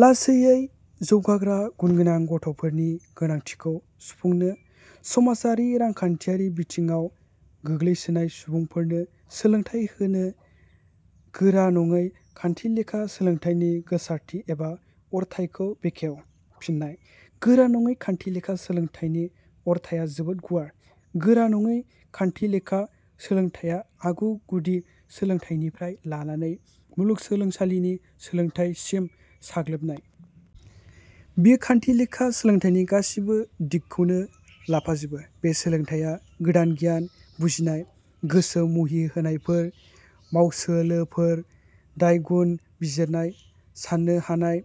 लासैयै जौगाग्रा गुनगोनां गथ'फोरनि गोनांथिखौ सुफुंनो।. समाजारि रांखान्थियारि बिथिङाव गोग्लैसोनाय सुबुंफोरनो सोलोंथाइ होनो।.गोरा नङै खान्थिलेखा सोलोंथाइनि गोसारथि एबा अरथाइखौ बेखेव। फिन्नाय: गोरा नङै खान्थिलेखा सोलोंथाइनि अरथाइया जोबोर गुवार। गोरा नङै खान्थिलेखा सोलोंथाइया आगु गुदि सोलोंथाइनिफ्राय लानानै मुलुगसोलोंसालिनि सोलोंथाइ सिम साग्लोबनाय। बेयो खान्थिलेखा सोलोंथाइनि गासिबो दिगखौनो लाफाजोबो। बे सोलोंथाइया गोदान गियान, बुजिनाय, गोसो मुहिहोनायफोर, मावसोलोफोर, दाय – गुन बिजिरनाय, साननो हानाय,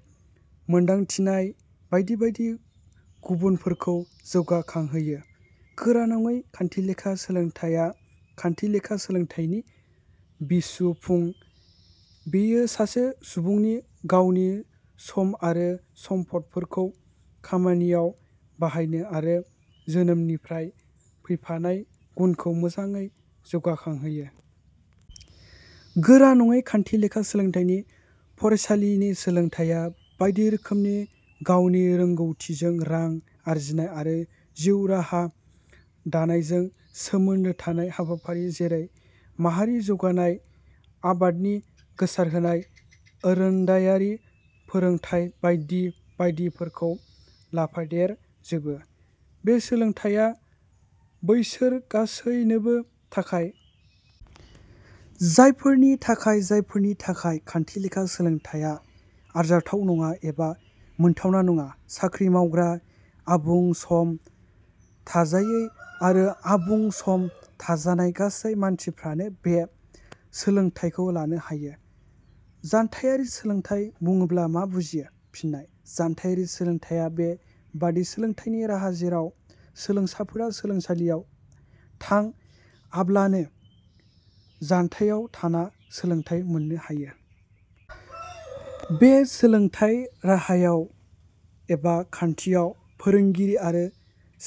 मोनदांथिनाय बायदि बायदि गुबुनफोरखौ जौगाखांहोयो। गोरा नङै खान्थिलेखा सोलोंथाइया खान्थिलेखा सोलोंथाइनि बिसुफुं। बेयो सासे सुबुंनि गावनि सम आरो सम्पदफोरखौ खामानिआव बाहायनो आरो जोनोमनिफ्राय फैफानाय गुनखौ आबुङै जौगाखांहोयो। गोरा नङै खान्थिलेखा सोलोंथाइनि फरायसालिनि सोलोंथाइया बायदि रोखोमनि गावनि रोंगौथिजों रां आरजिनाय आरो जिउ राहा दानायजों सोमोन्दो थानाय हाबाफारि जेरै माहारि जौगानाय आबादनि गोसारहोनाय, आरोंदायारि फोरोंथाइ बायदि बायदिफोरखौ लाफादेर जोबो। बे सोलोंथाइया बैसोर गासैनोबो थाखाय। जायफोरनि थाखाय जायफोरनि थाखाय खान्थिलेखा सोलोंथाइया आरजाथाव नङा एबा मोनथावना नङा। साख्रि मावग्रा, आबुं सम थाजायै आरो आबुं सम थाजानाय गासै मानसिफ्रानो बे सोलोंथाइखौ लानो हायो।. जानथाइयारि सोलोंथाइ बुंब्ला मा बुजियो? फिन्नाय: जानथाइयारि सोलोंथाइया बे बादि सोलोंथाइनि राहा जेराव सोलोंसाफोरा सोलोंसालियाव थांआबालानो जानथाइयाव थाना सोलोंथाइ मोननो हायो। बे सोलोंथाइ राहायाव एबा खान्थियाव फोरोंगिरि आरो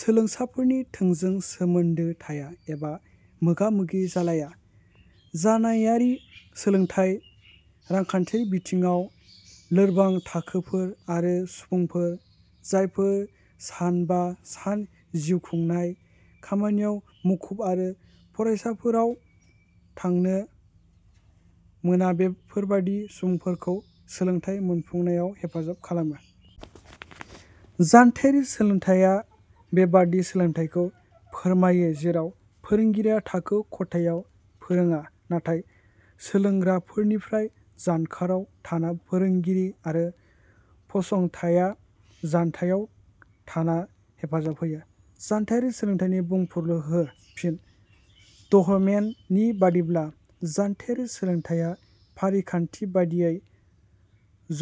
सोलोंसाफोरनि थोंजों सोमोन्दो थाया एबा मोगा मोगि जालाया। जानायाइयारि सोलोंथाइया रांखान्थियारि बिथिङाव लोरबां थाखोफोर आरो सुबुंफोर, जायफोर सान बा सान जिउखुंनाय खामानियाव मुखुब आरो फरायसाफोराव थांनो सम मोना बेफोरबादि सुबुंफोरखौ सोलोंथाइ मोनफुंनायाव हेफाजाब खालामो। जानथाइयारि सोलोंथाइया बे बादि सोलोंथाइखौ फोरमायो जेराव फोरोंगिरिया थाखो खथायाव फोरोंआ, नाथाय सोलोंग्राफोरनिफ्राय जानखाराव थाना फोरोंगिरि आरो फसंथाइया जानथाइयाव थाना हेफाजाब होयो।.जानथाइयारि सोलोंथाइनि बुंफुरलु हो। फिन्नाय: दहमेन नि बादिब्ला, " जानथाइयारि सोलोंथाइया फारिखान्थि बादियै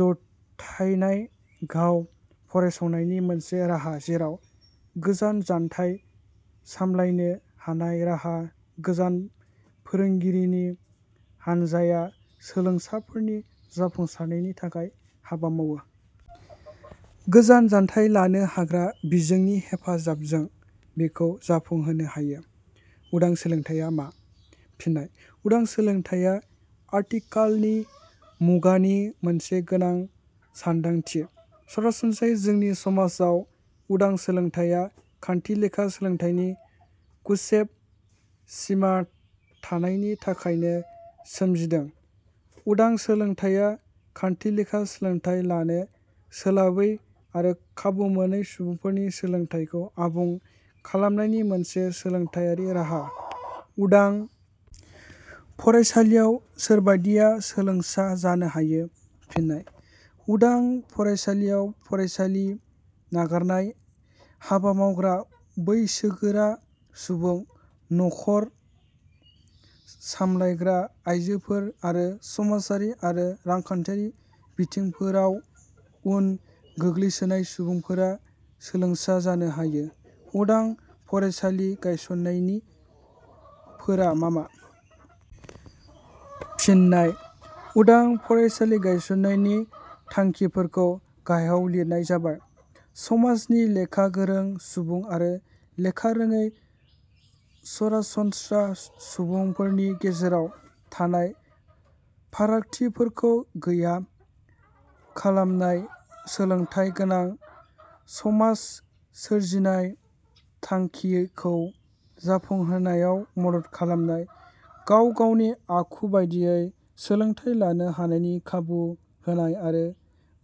जुथायनाय गाव फरायसंनायनि मोनसे राहा जेराव गोजान जानथाइ सामलायनो हानाय राहा गोजान फोरोंगिरिनि हानजाया सोलोंसाफोरनि जाफुंसारनायनि थाखाय हाबा मावो। गोजान जानथाइ लानो हाग्रा बिजोंनि हेफाजाबजों बिखौ जाफुंहोनो हायो। ".उदां सोलोंथाइया मा? फिन्नाय: उदां सोलोंथाइया आथिखालनि मुगानि मोनसे गोनां सान्दांथि। सरासनस्रायै जोंनि समाजाव उदां सोलोंथाइया खान्थिलेखा सोलोंथाइनि गुसेब सिमा थानायनि थाखायनो सोमजिदों। उदां सोलोंथाइया खान्थिलेखा सोलोंथाइ लानो सोलाबै आरो खाबु मोनै सुबुंफोरनि सोलोंथाइखौ आबुं खालामनायनि मोनसे सोलोंथाइयारि राहा।.उदां फरायसालियाव सोरबादिया सोलोंसा जानो हायो? फिन्नाय: उदां फरायसालियाव फरायसालि नागारनाय, हाबा मावग्रा बैसोगोरा सुबुं, नख 'र सामलायग्रा आइजोफोर आरो समाजारि आरो रांखान्थियारि बिथिंफोराव उन गोग्लैसोनाय सुबुंफोरा सोलोंसा जानो हायो।. उदां फरायसालि गायसननायनि फोरा मा मा? फिन्नाय :उदां फरायसालि गायसननायनि थांखिफोरखौ गाहायाव लिरनाय जाबाय:. समाजनि लेखा गोरों सुबुं आरो लेखा रोङै सरासनस्रा सुबुंफोरनि गेजेराव थानाय फारागथिफोरखौ गैया खालामनाय।. सोलोंथाइ गोनां समास सोरजिनाय थांखिखौ जाफुंहोनायाव मदद खालामनाय. गाव गावनि आखु बादियै सोलोंथाइ लानो हानायनि खाबु होनाय आरो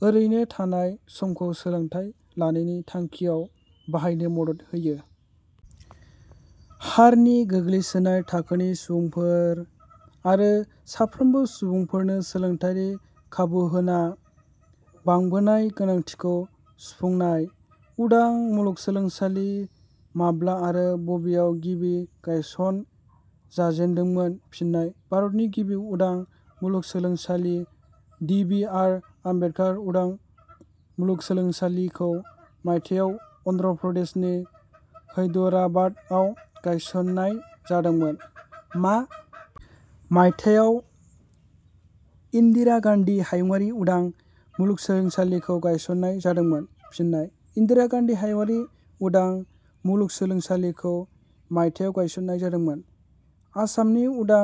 ओरैनो थानाय समखौ सोलोंथाइ लानायनि थांखियाव बाहायनो मदद होयो।. हारनि गोग्लैसोनाय थाखोनि सुबुफोर आरो साफ्रोमबो सुबुंफोरनो सोलोंथाइयारि खाबुहोना बांबोनाय गोनांथिखौ सुफुंनाय।.उदां मुलुगसोलोंसालि माब्ला आरो बबेयाव गिबि गायसन जाजेनदोंमोन? फिन्नाय: भारतनि गिबि उदां मुलुगसोलोंसालि ड बि. आर. आम्बेदकार उदां मुलुगसोलोंसालिखौ मायथाइयाव अन्ध्र प्रदेशनि हैदराबादआव गायसननाय जादोंमोन।.मा मायथाइयाव इन्दिरा गान्धी हायुंङारि उदां मुलुगसोलोंसालिखौ गायसंनाय जादोंमोन? फिन्नाय: इन्दिरा गान्धी हायुंङारि उदां मुलुगसोलोंसालिखौ मायथाइयाव गायसननाय जादोंमोन।.आसामनि उदां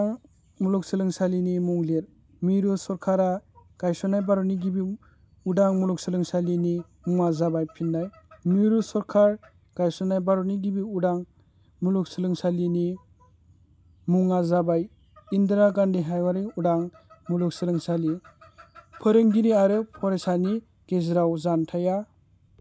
मुलुगसोलोंसालिनि मुं लिर।.मिरु सोरखारा गायसननाय भारतनि गिबि उदां मुलुगसोलोंसालिनि मुंङा जाबाय………. फिन्नाय: मिरु सोरखारा गायसननाय भारतनि गिबि उदां मुलुगसोलोंसालिनि मुंङा जाबाय इन्दिरा गान्धी हायुंङारि उदां मुलुगसोलोंसालि।.फोरोंगिरि आरो फरायसानि गेजेराव जानथाइया……